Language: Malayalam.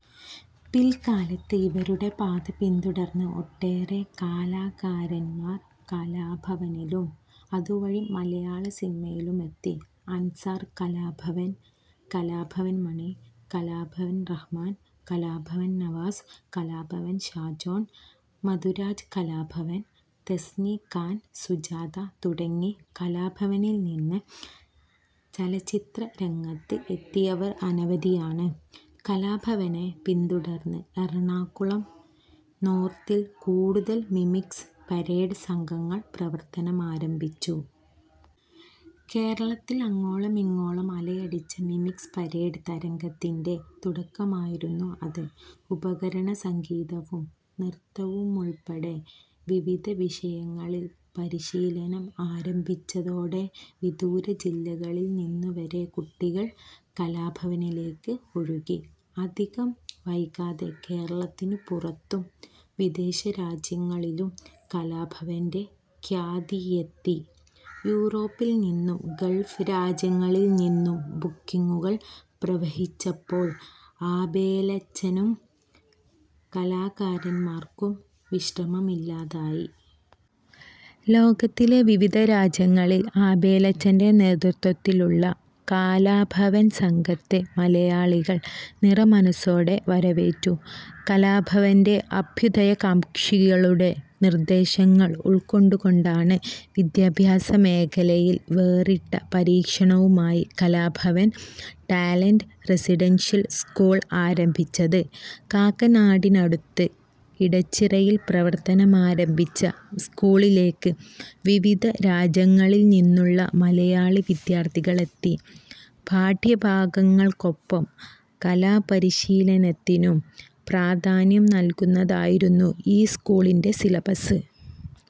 പിൽക്കാലത്ത് ഇവരുടെ പാത പിന്തുടർന്ന് ഒട്ടേറെ കാലാകാരൻമാർ കലാഭവനിലും അതുവഴി മലയാള സിനിമയിലുമെത്തി. അൻസാർ കലാഭവൻ, കലാഭവൻ മണി, കലാഭവൻ റഹ്മാൻ, കലാഭവൻ നവാസ്, കലാഭവൻ ഷാജോൺ, മനുരാജ് കലാഭവൻ, തെസ്നി ഖാൻ, സുജാത തുടങ്ങി കലാഭവനിൽനിന്ന് ചലച്ചിത്ര രംഗത്ത് എത്തിയവർ അനവധിയാണ്. കലാഭവനെ പിന്തുടർന്ന് എറണാകുളം നോർത്തിൽ കൂടുതൽ മിമിക്സ് പരേഡ് സംഘങ്ങൾ പ്രവർത്തനമാരംഭിച്ചു. കേരളത്തിൽ അങ്ങോളമിങ്ങോളം അലയടിച്ച മിമിക്സ് പരേഡ് തരംഗത്തിന്റെ തുടക്കമായിരുന്നു അത്. ഉപകരണ സംഗീതവും നൃത്തവുമുൾപ്പെടെ വിവിധ വിഷയങ്ങളിൽ പരിശീലനം ആരംഭിച്ചതോടെ വിദൂര ജില്ലകളിൽനിന്നുവരെ കുട്ടികൾ കലാഭവനിലേക്ക് ഒഴുകി. അധികം വൈകാതെ കേരളത്തിനു പുറത്തും വിദേശ രാജ്യങ്ങളിലും കലാഭവന്റെ ഖ്യാതിയെത്തി. യൂറോപ്പിൽനിന്നും ഗൾഫ് രാജ്യങ്ങളിൽനിന്നും ബുക്കിംഗുകൾ പ്രവഹിച്ചപ്പോൾ ആബേലച്ചനും കലാകാരൻമാർക്കും വിശ്രമമില്ലാതായി. ലോകത്തിലെ വിവിധ രാജ്യങ്ങളിൽ ആബേലച്ചന്റെ നേതൃത്വത്തിലുള്ള കാലാഭവൻ സംഘത്തെ മലയാളികൾ നിറമനസോടെ വരവേറ്റു. കലാഭവന്റെ അഭ്യുദയകാംക്ഷികളുടെ നിർദ്ദേശങ്ങൾ ഉൾക്കൊണ്ടുകൊണ്ടാണ് വിദ്യാഭ്യാസ മേഖലയിൽ വേറിട്ട പരീക്ഷണവുമായി കലാഭവൻ ടാലൻറ് റസിഡൻഷ്യൽ സ്കൂൾ ആരംഭിച്ചത്. കാക്കനാടിനടുത്ത് ഇടച്ചിറയിൽ പ്രവർത്തനമാരംഭിച്ച സ്കൂളിലേക്ക് വിവിധ രാജ്യങ്ങളിൽനിന്നുള്ള മലയാളി വിദ്യാർത്ഥികളെത്തി. പാഠ്യഭാഗങ്ങൾക്കൊപ്പം കലാപരിശീലനത്തിനും പ്രാധാന്യം നൽകുന്നതായിരുന്നു ഈ സ്കൂളിന്റെ സിലബസ്.